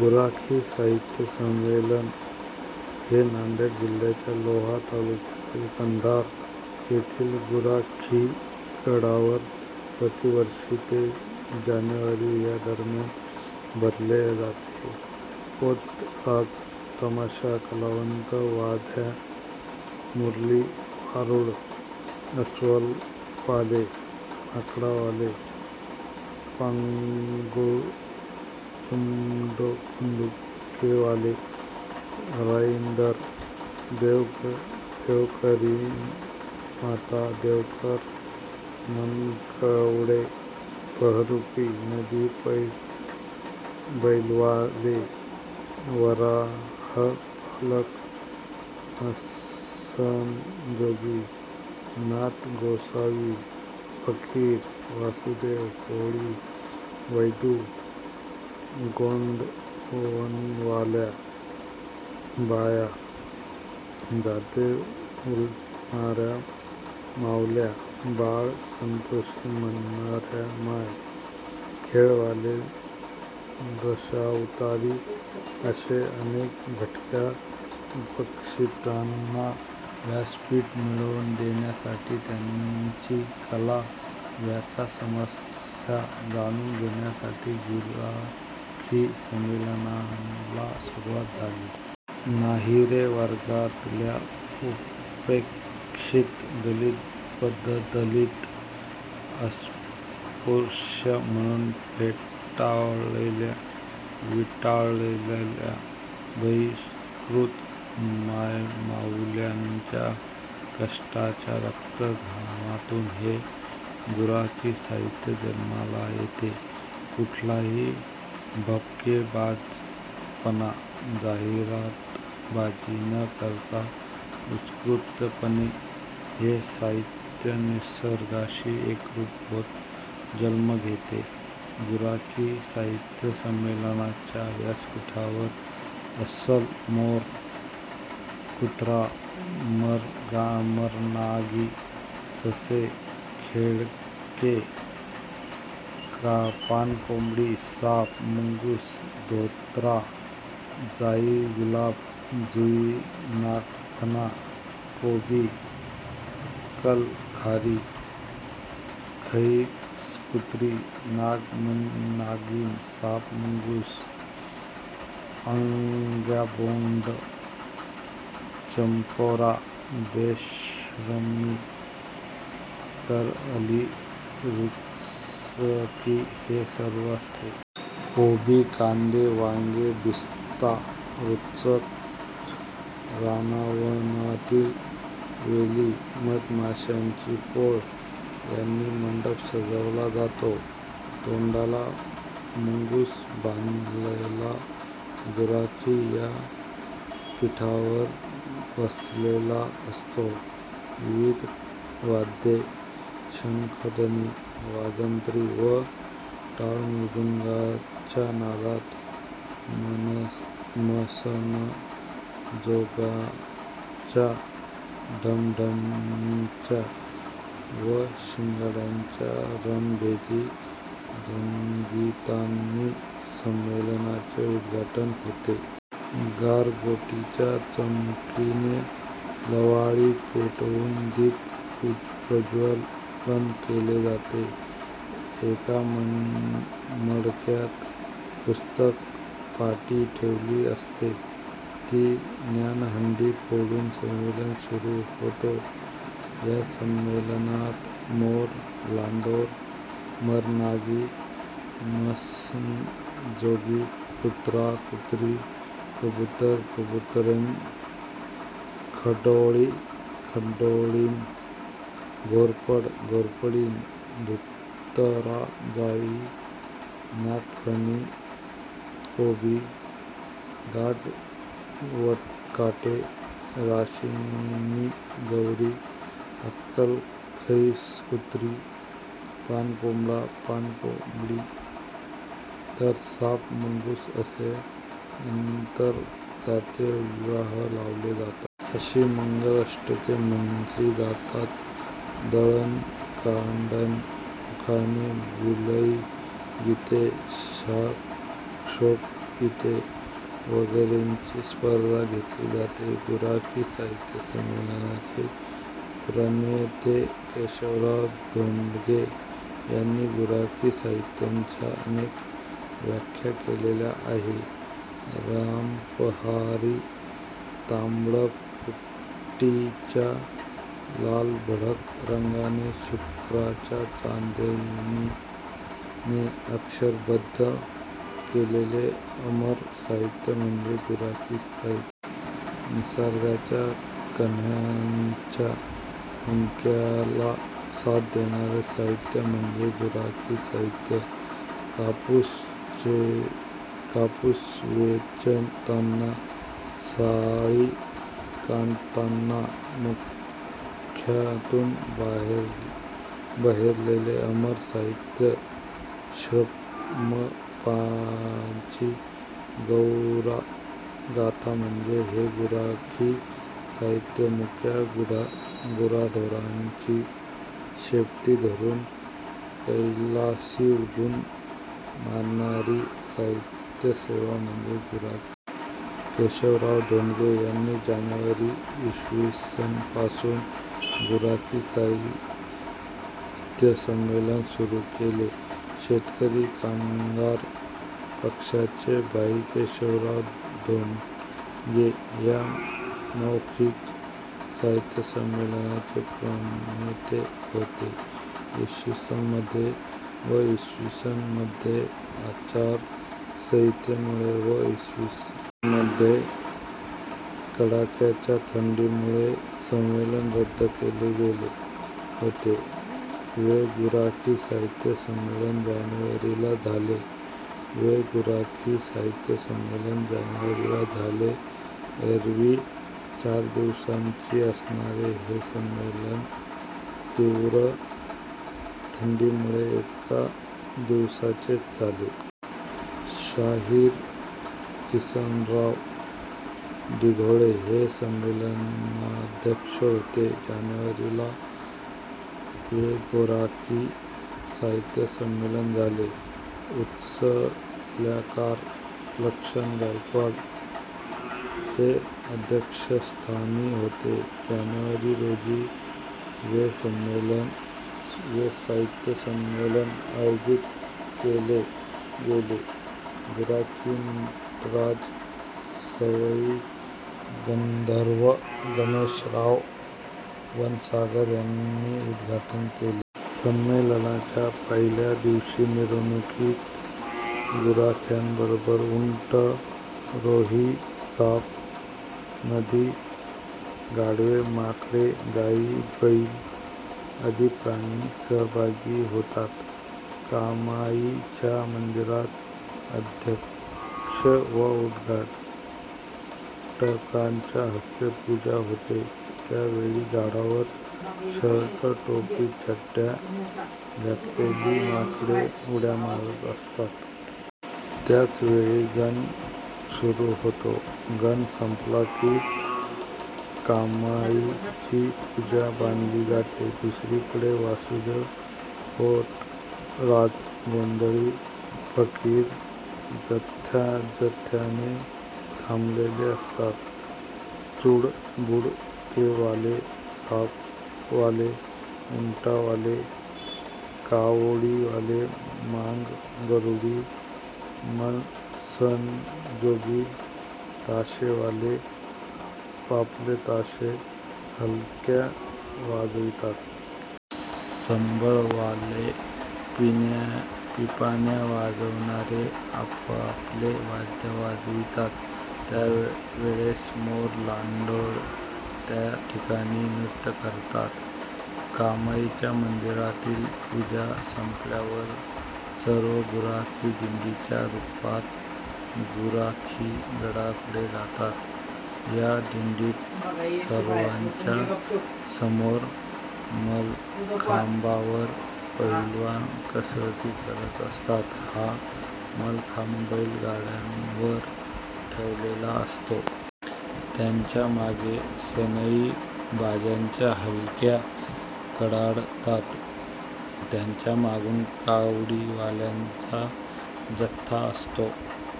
गुराखी साहित्य संमेलन हे नांदेड जिल्ह्याच्या लोहा तालुक्यातील कंधार येथील गुराखीगडावर प्रतिवर्षी ते जानेवारी या दरम्यान भरवले जाते. पोतराज, तमाशा कलावंत, वाघ्या-मुरळी, वारू, अस्वलवाले, माकडवाले, पांगूळ, चुडबुडकेवाले, राईंदर, देवकरीणमाता, देवकर, मनकवडे, बहुरूपी, नंदीबैलवाले, वराहपालक, मसणजोगी, नाथगोसावी, फकीर, वासुदेव, कोळी, वैदू, गोंदणवाल्या बाया, जाते उपटणाऱ्या माउल्या, बाळ संतोषी म्हणणाऱ्या माया, खेळवाले, दशावतारी अशा अनेक भटक्या-उपेक्षितांना व्यासपीठ मिळवून देण्यासाठी, त्यांची कला, व्यथा, समस्या जाणून घेण्यासाठी गुराखी संमेलनाला सुरुवात झाली. 'नाहीरे' वर्गातल्या उपेक्षित दलित-पददलित, अस्पृश्य म्हणून फेटाळलेल्या, विटाळलेल्या, बहिष्कृत, मायमाउल्यांच्या कष्टाच्या रक्त-घामातून हे गुराखी साहित्य जन्माला येते. कुठलाही भपकेबाजपणा, जाहिरातबाजी न करता उत्स्फूर्तपणे हे साहित्य निसर्गाशी एकरूप होत जन्म घेते. गुराखी साहित्य संमेलनाच्या व्यासपीठावर अस्वल, मोर, कुत्रा, मरनागी, ससे, खेकडे, पानकोंबडी, साप, मुंगूस, धोतरा, जाई-गुलाब, जुई, नागफणा, गोबी, अक्कल खार, खईसकुत्री, नाग-नागीण, साप-मुंगूस, आग्याबोंड, चमकोरा, बेशरमी, करअली, रुचकी हे सर्व असते. कोबी, कांदे, वांगे, बिस्ता, रुचक, रानावनातील वेली, मधमाशांची पोळी यांनी मंडप सजवला जातो. तोंडाला मुंगस बांधलेला गुराखी या पीठावर बसलेला असतो. विविध वाद्ये, शंखध्वनी, वाजंत्री व टाळमृदंगाच्या नादात, मसणजोग्याच्या ढणमण्याच्या व शिंगाडयाच्या रणभेदी रणगीतांनी संमेलनाचे उद्घाटन होते. गारगोटीच्या चममकीने लव्हाळी पेटवून दीप प्रज्वलन केले जाते. एका मडक्यात पुस्तक-पाटी ठेवलेली असते. ती ज्ञानहंडी फोडून संमेलन सुरू होते. या संमेलनात मोर-लांडोर, मरनांगी-मसणनजोगी, कुत्रा-कुत्री, कबुतर-कबुतरीण, खडोळी-खडोळीण, घोरपड-घोरपडीण, धत्तुरा-जाई, नागफणा-गोबी, गाटवकाटे- राशिनी गवरी, अक्कल-खईसकुत्री, पानकोंबडा-कोंबडी तर साप-मुंगूस असे आंतरजातीय विवाह लावले जातात. अशी मंगलाष्टके म्हटली जातात. दळणकांडण, उखाणे, गुलई गीते, शोकगीते वगैरेंची स्पर्धा घेतली जाते. गुराखी साहित्य संमेनलनाचे प्रणेते केशवराव धोंडगे यांनी गुराखी साहित्याच्या अनेक व्याख्या केलेल्या आहेत. रामपहारी तांबडफुटीच्या लालभडक रंगाने, शुक्राच्या चांदणीने अक्षरबद्ध केलेले अमर साहित्य म्हणजे गुराखी साहित्य. निसर्गाच्या कण्हण्याच्या हुंदक्याला साथ देणारे साहित्य म्हणजेच गुराखी साहित्य. कापूस वेचताना, साळी कांडताना मुखातून बहरलेले अमर साहित्य, श्रमपालांची गौरवगाथा म्हणजेच हे गुराखी साहित्य. मुक्या गुराढोरांची शेपटी धरून कैलासी उड्डाण मारणारी साहित्यसेवा म्हणजे गुराखी साहित्य. केशवराव धोंडगे यांनी जानेवारी, इ. स. पासून गुराखी साहित्य संमेलन सुरू केले. शेतकरी कामगार पक्षाचे भाई केशवराव धोंडगे या मौखिक साहित्य संमेलनाचे प्रणेते होत. इ. स. मध्ये व इ. स. मध्ये आचारसंहितेमुळे व इ. स. मध्ये कडाक्याच्या थंडीमुळे संमेलन रद्द केले गेले होते. वे गुराखी साहित्य संमेलन जानेवारी ला झाले. वे गुराखी साहित्य संमेलन जानेवारी ला झाले. एरवी चार दिवसांचे असणारे हे संमेलन तीव्र थंडीमुळे एका दिवसाचेच झाले. शाहीर किसनराव दिघोळे हे संमेलनाध्यक्ष होते. जानेवारी ला वे गुराखी साहित्य संमेलन झाले. 'उचल्याकार' लक्ष्मण गायकवाड हे अध्यक्षस्थानी होते. - जानेवारी रोजी वे साहित्य संमेलन आयोजित केले गेले. गुराखी नटराज सवई गंधर्व गणेशराव वनसागर यांनी उद्घाटन केले. संमेलनाच्या पहिल्या दिवशी मिरवणुकीत गुराख्यांबरोबर उंट, रोही, साप, नंदी, गाढवे, माकडे, गाई, बैल आदी प्राणी सहभागी होतात. कामाईच्या मंदिरात अध्यक्ष व उद्घाटकांच्या हस्ते पूजा होते. त्यावेळी झाडावर शर्ट, टोपी, चड्ड़्या घातलेली माकडे उड्या मारत असतात. त्याचवेळी गण सुरू होतो. गण संपला की कामाईची पूजा बांधली जाते. दुसरीकडे वासुदेव, पोतराज, गोंधळी, फकीर जथ्याजथ्याने थांबलेले असतात. चुडबुडकेवाले, सापवाले, उंटवाले, कावडीवाले, मांग, गारुडी, मसणजोगी, ताशेवाले, आपापले ताशे, हलग्या वाजवितात. संबळवाले, पिपाण्या वाजविणारे आपापले वाद्य वाजवितात. त्यावेळेस मोर, लांडोर त्या ठिकाणी नृत्य करतात. कामाईच्या मंदिरातील पूजा संपल्यावर सर्व गुराखी दिंडीच्या रूपात गुराखीगडाकडे जातात. या दिंडीत सर्वांच्यासमोर मलखांबावर पहिलवान कसरती करत असतात. हा मलखांब बैलगाडीवर ठेवलेला असतो. त्याच्या मागे सनई, बाज्याच्या हलग्या कडाडतात. त्यांच्या मागून कावडीवाल्यांचा जथ्था असतो.